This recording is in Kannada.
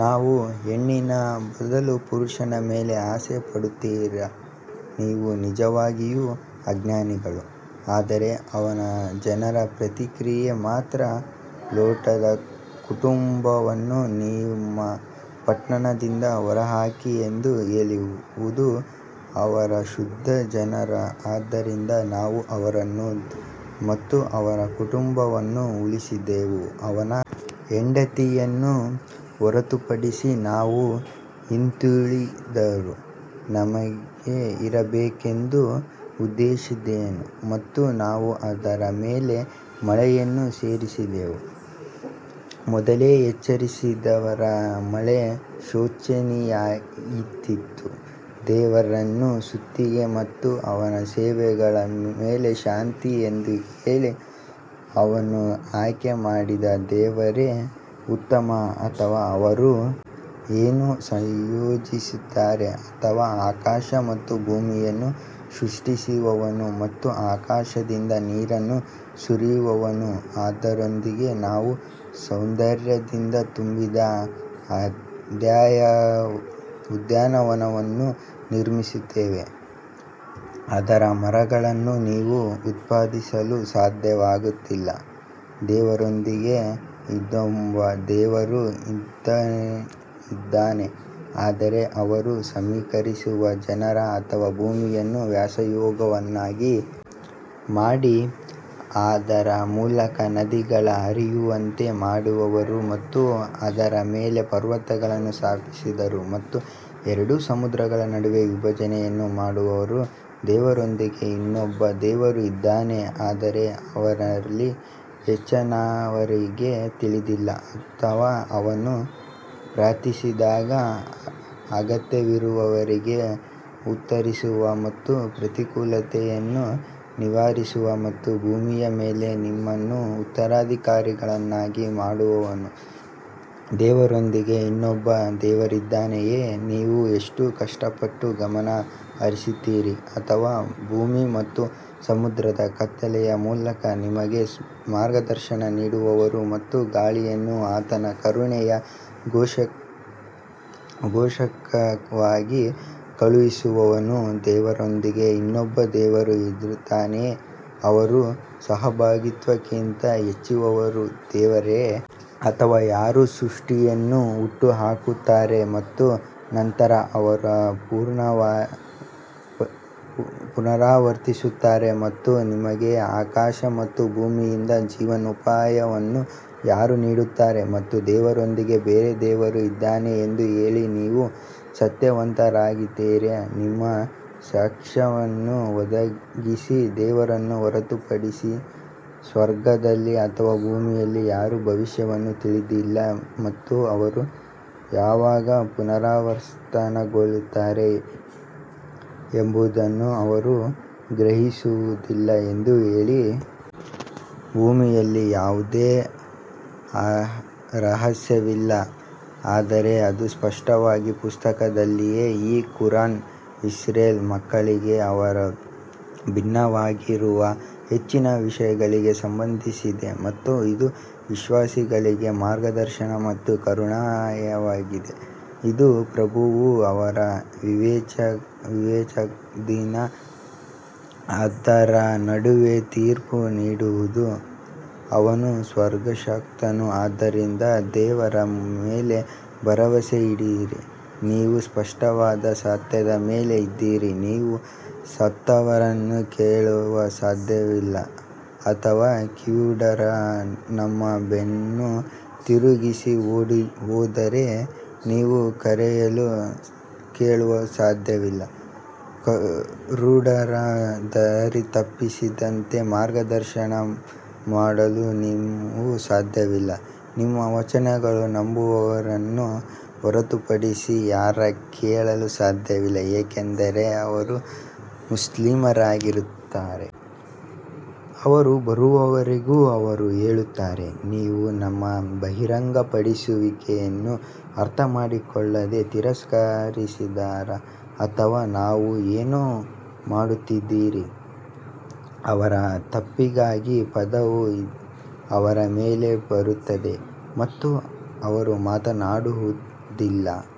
ನೀವು ಹೆಣ್ಣಿನ ಬದಲು ಪುರುಷರ ಮೇಲೆ ಆಸೆ ಪಡುತ್ತೀರಾ ನೀವು ನಿಜವಾಗಿಯೂ ಅಜ್ಞಾನಿಗಳು ಆದರೆ ಅವನ ಜನರ ಪ್ರತಿಕ್ರಿಯೆ ಮಾತ್ರ ಲೋಟನ ಕುಟುಂಬವನ್ನು ನಿಮ್ಮ ಪಟ್ಟಣದಿಂದ ಹೊರಹಾಕಿ ಎಂದು ಹೇಳುವುದು ಅವರು ಶುದ್ಧ ಜನರು ಆದ್ದರಿಂದ ನಾವು ಅವನನ್ನು ಮತ್ತು ಅವನ ಕುಟುಂಬವನ್ನು ಉಳಿಸಿದೆವು ಅವನ ಹೆಂಡತಿಯನ್ನು ಹೊರತುಪಡಿಸಿ ನಾವು ಹಿಂದುಳಿದವರ ನಡುವೆ ಇರಬೇಕೆಂದು ಉದ್ದೇಶಿಸಿದ್ದೇವೆ ಮತ್ತು ನಾವು ಅವರ ಮೇಲೆ ಮಳೆಯನ್ನು ಸುರಿಸಿದ್ದೇವೆ, ಮೊದಲೇ ಎಚ್ಚರಿಸಿದವರ ಮಳೆ ಶೋಚನೀಯವಾಗಿತ್ತು ದೇವರನ್ನು ಸ್ತುತಿಸಿ ಮತ್ತು ಆತನ ಸೇವಕರ ಮೇಲೆ ಶಾಂತಿ ಎಂದು ಹೇಳಿ, ಅವನು ಆಯ್ಕೆ ಮಾಡಿದ ದೇವರೇ ಉತ್ತಮ ಅಥವಾ ಅವರು ಏನು ಸಂಯೋಜಿಸುತ್ತಾರೆ ಅಥವಾ ಆಕಾಶ ಮತ್ತು ಭೂಮಿಯನ್ನು ಸೃಷ್ಟಿಸಿದವನು ಮತ್ತು ಆಕಾಶದಿಂದ ನೀರನ್ನು ಸುರಿಸುವವನು ಅದರೊಂದಿಗೆ ನಾವು ಸೌಂದರ್ಯದಿಂದ ತುಂಬಿದ ಉದ್ಯಾನವನಗಳನ್ನು ನಿರ್ಮಿಸುತ್ತೇವೆ, ಅದರ ಮರಗಳನ್ನು ನೀವು ಉತ್ಪಾದಿಸಲು ಸಾಧ್ಯವಾಗಲಿಲ್ಲ, ದೇವರೊಂದಿಗೆ ಇನ್ನೊಬ್ಬ ದೇವರು ಇದ್ದಾನೆ ಆದರೆ ಅವರು ಸಮೀಕರಿಸುವ ಜನರು ಅಥವಾ ಭೂಮಿಯನ್ನು ವಾಸಯೋಗ್ಯವನ್ನಾಗಿ ಮಾಡಿ ಅದರ ಮೂಲಕ ನದಿಗಳನ್ನು ಹರಿಯುವಂತೆ ಮಾಡಿದವರು ಮತ್ತು ಅದರ ಮೇಲೆ ಪರ್ವತಗಳನ್ನು ಸ್ಥಾಪಿಸಿದರು ಮತ್ತು ಎರಡು ಸಮುದ್ರಗಳ ನಡುವೆ ವಿಭಜನೆಯನ್ನು ಮಾಡಿದವರು ದೇವರೊಂದಿಗೆ ಇನ್ನೊಬ್ಬ ದೇವರು ಇದ್ದಾನೋ ಆದರೆ ಅವರಲ್ಲಿ ಹೆಚ್ಚಿನವರಿಗೆ ತಿಳಿದಿಲ್ಲ ಅಥವಾ ಅವನು ಪ್ರಾರ್ಥಿಸಿದಾಗ ಅಗತ್ಯವಿರುವವರಿಗೆ ಉತ್ತರಿಸುವ ಮತ್ತು ಪ್ರತಿಕೂಲತೆಯನ್ನು ನಿವಾರಿಸುವ ಮತ್ತು ಭೂಮಿಯ ಮೇಲೆ ನಿಮ್ಮನ್ನು ಉತ್ತರಾಧಿಕಾರಿಗಳನ್ನಾಗಿ ಮಾಡುವವನು ದೇವರೊಂದಿಗೆ ಇನ್ನೊಬ್ಬ ದೇವರಿದ್ದಾನೆಯೇ ನೀವು ಎಷ್ಟು ಕಷ್ಟಪಟ್ಟು ಗಮನ ಹರಿಸುತ್ತೀರಿ ಅಥವಾ ಭೂಮಿ ಮತ್ತು ಸಮುದ್ರದ ಕತ್ತಲೆಯ ಮೂಲಕ ನಿಮಗೆ ಮಾರ್ಗದರ್ಶನ ನೀಡುವವರು ಮತ್ತು ಗಾಳಿಯನ್ನು ಆತನ ಕರುಣೆಯ ಘೋಷಕವಾಗಿ ಕಳುಹಿಸುವವನು ದೇವರೊಂದಿಗೆ ಇನ್ನೊಬ್ಬ ದೇವರು ಇದ್ದಾನೆಯೇ ಅವರು ಸಹಭಾಗಿತ್ವಕ್ಕಿಂತ ಹೆಚ್ಚಿನವರು ದೇವರೇ? ಅಥವಾ ಯಾರು ಸೃಷ್ಟಿಯನ್ನು ಹುಟ್ಟುಹಾಕುತ್ತಾರೆ ಮತ್ತು ನಂತರ ಅದನ್ನು ಪುನರಾವರ್ತಿಸುತ್ತಾರೆ ಮತ್ತು ನಿಮಗೆ ಆಕಾಶ ಮತ್ತು ಭೂಮಿಯಿಂದ ಜೀವನೋಪಾಯವನ್ನು ಯಾರು ನೀಡುತ್ತಾರೆ ಮತ್ತು ದೇವರೊಂದಿಗೆ ಬೇರೆ ದೇವರು ಇದ್ದಾನೆ ಎಂದು ಹೇಳಿ ನೀವು ಸತ್ಯವಂತರಾಗಿದ್ದರೆ ನಿಮ್ಮ ಸಾಕ್ಷ್ಯವನ್ನು ಒದಗಿಸಿ ದೇವರನ್ನು ಹೊರತುಪಡಿಸಿ ಸ್ವರ್ಗದಲ್ಲಿ ಅಥವಾ ಭೂಮಿಯಲ್ಲಿ ಯಾರೂ ಭವಿಷ್ಯವನ್ನು ತಿಳಿದಿಲ್ಲ ಮತ್ತು ಅವರು ಯಾವಾಗ ಪುನರುತ್ಥಾನಗೊಳ್ಳುತ್ತಾರೆ ಎಂಬುದನ್ನು ಅವರು ಗ್ರಹಿಸುವುದಿಲ್ಲ ಎಂದು ಹೇಳಿ. ಭೂಮಿಯಲ್ಲಿ ಯಾವುದೇ ರಹಸ್ಯವಿಲ್ಲ ಆದರೆ ಅದು ಸ್ಪಷ್ಟವಾದ ಪುಸ್ತಕದಲ್ಲಿದೆ ಈ ಕುರಾನ್ ಇಸ್ರೇಲ್ ಮಕ್ಕಳಿಗೆ ಅವರು ಭಿನ್ನವಾಗಿರುವ ಹೆಚ್ಚಿನ ವಿಷಯಗಳಿಗೆ ಸಂಬಂಧಿಸಿದೆ ಮತ್ತು ಇದು ವಿಶ್ವಾಸಿಗಳಿಗೆ ಮಾರ್ಗದರ್ಶನ ಮತ್ತು ಕರುಣೆಯಾಗಿದೆ ನಿಮ್ಮ ಪ್ರಭುವು ಅವರ ವಿವೇಕದಿಂದ ಅವರ ನಡುವೆ ತೀರ್ಪು ನೀಡುವನು, ಅವನು ಸರ್ವಶಕ್ತನು ಆದ್ದರಿಂದ ದೇವರ ಮೇಲೆ ಭರವಸೆಯಿಡಿರಿ ನೀವು ಸ್ಪಷ್ಟವಾದ ಸತ್ಯದ ಮೇಲೆ ಇದ್ದೀರಿ ನೀವು ಸತ್ತವರನ್ನು ಕೇಳಲು ಸಾಧ್ಯವಿಲ್ಲ ಅಥವಾ ಕಿವುಡರು ತಮ್ಮ ಬೆನ್ನು ತಿರುಗಿಸಿ ಓಡಿಹೋದರೆ ನೀವು ಕರೆಯನ್ನು ಕೇಳಲು ಸಾಧ್ಯವಿಲ್ಲ ಕುರುಡರನ್ನು ದಾರಿತಪ್ಪಿಸದಂತೆ ಮಾರ್ಗದರ್ಶನ ಮಾಡಲು ನೀವು ಸಾಧ್ಯವಿಲ್ಲ, ನಮ್ಮ ವಚನಗಳನ್ನು ನಂಬುವವರನ್ನು ಹೊರತುಪಡಿಸಿ ಯಾರೂ ಕೇಳಲು ಸಾಧ್ಯವಿಲ್ಲ ಏಕೆಂದರೆ ಅವರು ಮುಸ್ಲಿಮರಾಗಿದ್ದಾರೆ. ಅವರು ಬರುವವರೆಗೂ ಅವರು ಹೇಳುವರು, ನೀವು ನನ್ನ ಬಹಿರಂಗಪಡಿಸುವಿಕೆಯನ್ನು ಅರ್ಥಮಾಡಿಕೊಳ್ಳದೆ ತಿರಸ್ಕರಿಸಿದ್ದೀರಾ ಅಥವಾ ನೀವು ಏನು ಮಾಡುತ್ತಿದ್ದೀರಿ ಅವರ ತಪ್ಪಿಗಾಗಿ ಪದವು ಅವರ ಮೇಲೆ ಬರುತ್ತದೆ ಮತ್ತು ಅವರು ಮಾತನಾಡುವುದಿಲ್ಲ.